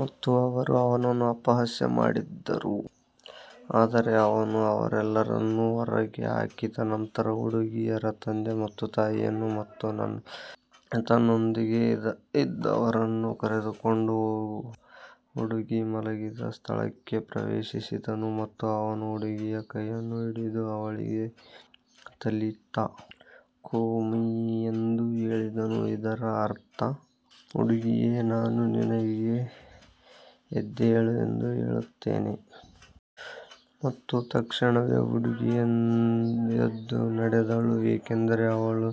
ಮತ್ತು ಅವರು ಅವನನ್ನು ಅಪಹಾಸ್ಯ ಮಾಡಿದರು. ಆದರೆ ಅವನು ಅವರೆಲ್ಲರನ್ನೂ ಹೊರಗೆ ಹಾಕಿದ ನಂತರ ಹುಡುಗಿಯ ತಂದೆ ಮತ್ತು ತಾಯಿಯನ್ನು ಮತ್ತು ತನ್ನೊಂದಿಗೆ ಇದ್ದವರನ್ನು ಕರೆದುಕೊಂಡು ಹುಡುಗಿ ಮಲಗಿದ್ದ ಸ್ಥಳಕ್ಕೆ ಪ್ರವೇಶಿಸಿದನು. ಮತ್ತು ಅವನು ಹುಡುಗಿಯ ಕೈಯನ್ನು ಹಿಡಿದು ಅವಳಿಗೆ, ತಲಿಥಾ ಕೂಮಿ ಎಂದು ಹೇಳಿದನು, ಇದರ ಅರ್ಥ, ಹುಡುಗಿಯೇ, ನಾನು ನಿನಗೆ ಎದ್ದೇಳು ಎಂದು ಹೇಳುತ್ತೇನೆ. ಮತ್ತು ತಕ್ಷಣವೇ ಹುಡುಗಿ ಎದ್ದು ನಡೆದಳು, ಏಕೆಂದರೆ ಅವಳು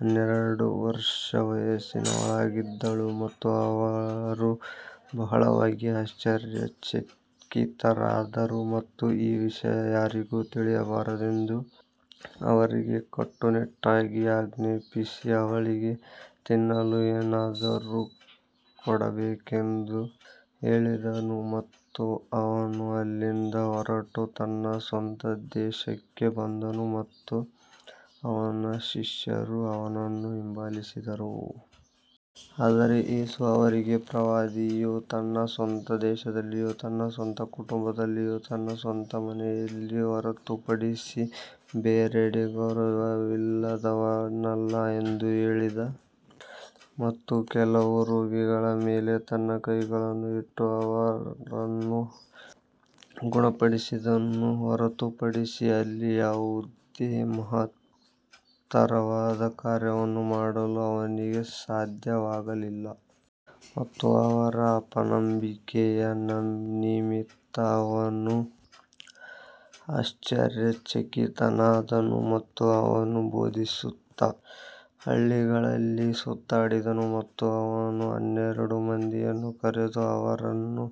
ಹನ್ನೆರಡು ವರ್ಷ ವಯಸ್ಸಿನವಳಾಗಿದ್ದಳು ಮತ್ತು ಅವರು ಬಹಳವಾಗಿ ಆಶ್ಚರ್ಯಚಕಿತರಾದರು. ಮತ್ತು ಈ ವಿಷಯ ಯಾರಿಗೂ ತಿಳಿಯಬಾರದೆಂದು ಅವರಿಗೆ ಕಟ್ಟುನಿಟ್ಟಾಗಿ ಆಜ್ಞಾಪಿಸಿ, ಅವಳಿಗೆ ತಿನ್ನಲು ಏನಾದರೂ ಕೊಡಬೇಕೆಂದು ಹೇಳಿದನು. ಮತ್ತು ಅವನು ಅಲ್ಲಿಂದ ಹೊರಟು ತನ್ನ ಸ್ವಂತ ದೇಶಕ್ಕೆ ಬಂದನು ಮತ್ತು ಅವನ ಶಿಷ್ಯರು ಅವನನ್ನು ಹಿಂಬಾಲಿಸಿದರು. ಆದರೆ ಯೇಸು ಅವರಿಗೆ, ಪ್ರವಾದಿಯು ತನ್ನ ಸ್ವಂತ ದೇಶದಲ್ಲಿಯೂ ತನ್ನ ಸ್ವಂತ ಕುಟುಂಬದಲ್ಲಿಯೂ ತನ್ನ ಸ್ವಂತ ಮನೆಯನ್ನು ಹೊರತುಪಡಿಸಿ ಬೇರೆಡೆ ಗೌರವವಿಲ್ಲದವನಲ್ಲ ಎಂದು ಹೇಳಿದನು. ಮತ್ತು ಕೆಲವು ರೋಗಿಗಳ ಮೇಲೆ ತನ್ನ ಕೈಗಳನ್ನು ಇಟ್ಟು ಅವರನ್ನು ಗುಣಪಡಿಸಿದ್ದನ್ನು ಹೊರತುಪಡಿಸಿ ಅಲ್ಲಿ ಯಾವುದೇ ಮಹತ್ತರವಾದ ಕಾರ್ಯವನ್ನು ಮಾಡಲು ಅವನಿಗೆ ಸಾಧ್ಯವಾಗಲಿಲ್ಲ. ಮತ್ತು ಅವರ ಅಪನಂಬಿಕೆಯ ನಿಮಿತ್ತ ಅವನು ಆಶ್ಚರ್ಯಚಕಿತನಾದನು. ಮತ್ತು ಅವನು ಬೋಧಿಸುತ್ತಾ ಹಳ್ಳಿಗಳಲ್ಲಿ ಸುತ್ತಾಡಿದನು. ಮತ್ತು ಅವನು ಹನ್ನೆರಡು ಮಂದಿಯನ್ನು ಕರೆದು ಅವರನ್ನು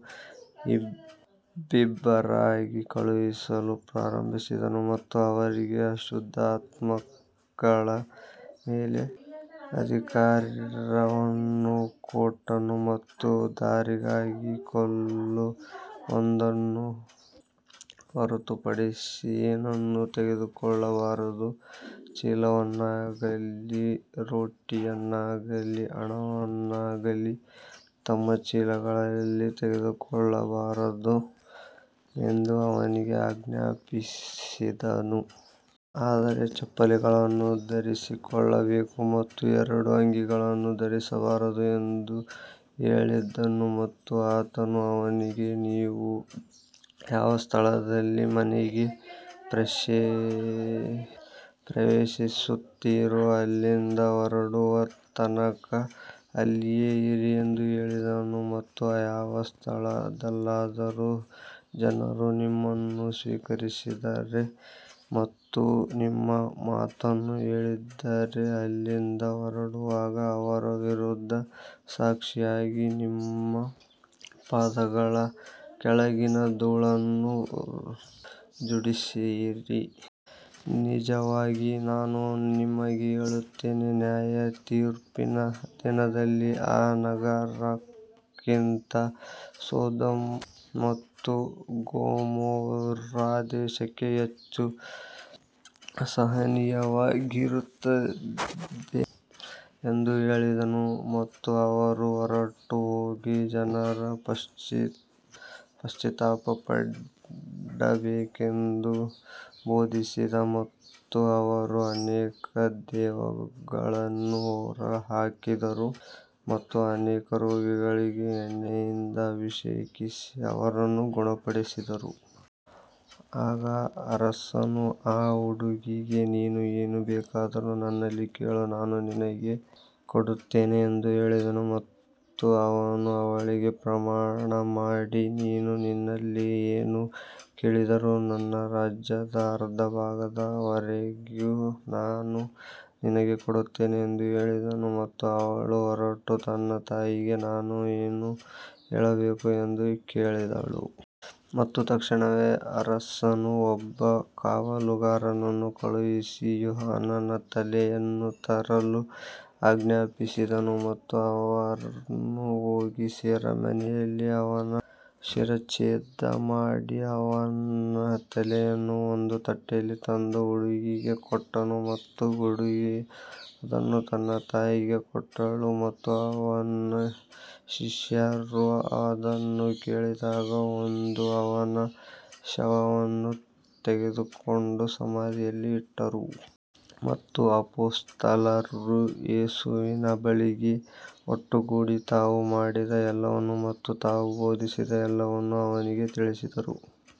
ಇಬ್ಬಿಬ್ಬರಾಗಿ ಕಳುಹಿಸಲು ಪ್ರಾರಂಭಿಸಿದನು ಮತ್ತು ಅವರಿಗೆ ಅಶುದ್ಧಾತ್ಮಗಳ ಮೇಲೆ ಅಧಿಕಾರವನ್ನು ಕೊಟ್ಟನು. ಮತ್ತು ದಾರಿಗಾಗಿ ಕೋಲು ಒಂದನ್ನು ಹೊರತುಪಡಿಸಿ ಏನನ್ನೂ ತೆಗೆದುಕೊಳ್ಳಬಾರದು, ಚೀಲವನ್ನಾಗಲಿ ರೊಟ್ಟಿಯನ್ನಾಗಲಿ ಹಣವನ್ನಾಗಲಿ ತಮ್ಮ ಚೀಲಗಳಲ್ಲಿ ತೆಗೆದುಕೊಳ್ಳಬಾರದು ಎಂದು ಅವರಿಗೆ ಆಜ್ಞಾಪಿಸಿದನು. ಆದರೆ ಚಪ್ಪಲಿಗಳನ್ನು ಧರಿಸಿಕೊಳ್ಳಬೇಕು ಮತ್ತು ಎರಡು ಅಂಗಿಗಳನ್ನು ಧರಿಸಬಾರದು ಎಂದು ಹೇಳಿದನು. ಮತ್ತು ಆತನು ಅವರಿಗೆ, ನೀವು ಯಾವ ಸ್ಥಳದಲ್ಲಿ ಮನೆಗೆ ಪ್ರವೇಶಿಸುತ್ತೀರೋ, ಅಲ್ಲಿಂದ ಹೊರಡುವ ತನಕ ಅಲ್ಲಿಯೇ ಇರಿ ಎಂದು ಹೇಳಿದನು. ಮತ್ತು ಯಾವ ಸ್ಥಳದಲ್ಲಾದರೂ ಜನರು ನಿಮ್ಮನ್ನು ಸ್ವೀಕರಿಸದಿದ್ದರೆ ಮತ್ತು ನಿಮ್ಮ ಮಾತನ್ನು ಕೇಳದಿದ್ದರೆ, ಅಲ್ಲಿಂದ ಹೊರಡುವಾಗ ಅವರ ವಿರುದ್ಧ ಸಾಕ್ಷಿಯಾಗಿ ನಿಮ್ಮ ಪಾದಗಳ ಕೆಳಗಿನ ಧೂಳನ್ನು ಝಾಡಿಸಿರಿ. ನಿಜವಾಗಿ ನಾನು ನಿಮಗೆ ಹೇಳುತ್ತೇನೆ, ನ್ಯಾಯತೀರ್ಪಿನ ದಿನದಲ್ಲಿ ಆ ನಗರಕ್ಕಿಂತ ಸೊದೋಮ್ ಮತ್ತು ಗೊಮೊರ್ರಾ ದೇಶಕ್ಕೆ ಹೆಚ್ಚು ಸಹನೀಯವಾಗಿರುತ್ತದೆ ಎಂದು ಹೇಳಿದನು. ಮತ್ತು ಅವರು ಹೊರಟುಹೋಗಿ ಜನರು ಪಶ್ಚಾತ್ತಾಪಪಡಬೇಕೆಂದು ಬೋಧಿಸಿದರು. ಮತ್ತು ಅವರು ಅನೇಕ ದೆವ್ವಗಳನ್ನು ಹೊರಹಾಕಿದರು ಮತ್ತು ಅನೇಕ ರೋಗಿಗಳಿಗೆ ಎಣ್ಣೆಯಿಂದ ಅಭಿಷೇಕಿಸಿ ಅವರನ್ನು ಗುಣಪಡಿಸಿದರು. ಆಗ ಅರಸನು ಆ ಹುಡುಗಿಗೆ, ನೀನು ಏನು ಬೇಕಾದರೂ ನನ್ನಲ್ಲಿ ಕೇಳು, ನಾನು ನಿನಗೆ ಕೊಡುತ್ತೇನೆ ಎಂದು ಹೇಳಿದನು. ಮತ್ತು ಅವನು ಅವಳಿಗೆ ಪ್ರಮಾಣಮಾಡಿ, ನೀನು ನನ್ನಲ್ಲಿ ಏನು ಕೇಳಿದರೂ ನನ್ನ ರಾಜ್ಯದ ಅರ್ಧಭಾಗದವರೆಗೂ ನಾನು ನಿನಗೆ ಕೊಡುತ್ತೇನೆ ಎಂದು ಹೇಳಿದನು. ಮತ್ತು ಅವಳು ಹೊರಟು ತನ್ನ ತಾಯಿಗೆ, ನಾನು ಏನು ಕೇಳಬೇಕು ಎಂದು ಕೇಳಿದಳು. ಮತ್ತು ತಕ್ಷಣವೇ ಅರಸನು ಒಬ್ಬ ಕಾವಲುಗಾರನನ್ನು ಕಳುಹಿಸಿ ಯೋಹಾನನ ತಲೆಯನ್ನು ತರಲು ಆಜ್ಞಾಪಿಸಿದನು. ಮತ್ತು ಅವನು ಹೋಗಿ ಸೆರೆಮನೆಯಲ್ಲಿ ಅವನ ಶಿರಚ್ಛೇದ ಮಾಡಿ ಅವನ ತಲೆಯನ್ನು ಒಂದು ತಟ್ಟೆಯಲ್ಲಿ ತಂದು ಹುಡುಗಿಗೆ ಕೊಟ್ಟನು. ಮತ್ತು ಹುಡುಗಿ ಅದನ್ನು ತನ್ನ ತಾಯಿಗೆ ಕೊಟ್ಟಳು. ಮತ್ತು ಅವನ ಶಿಷ್ಯರು ಇದನ್ನು ಕೇಳಿದಾಗ ಬಂದು ಅವನ ಶವವನ್ನು ತೆಗೆದುಕೊಂಡು ಸಮಾಧಿಯಲ್ಲಿ ಇಟ್ಟರು. ಮತ್ತು ಅಪೊಸ್ತಲರು ಯೇಸುವಿನ ಬಳಿಗೆ ಒಟ್ಟುಗೂಡಿ ತಾವು ಮಾಡಿದ ಎಲ್ಲವನ್ನೂ ಮತ್ತು ತಾವು ಬೋಧಿಸಿದ ಎಲ್ಲವನ್ನೂ ಅವನಿಗೆ ತಿಳಿಸಿದರು.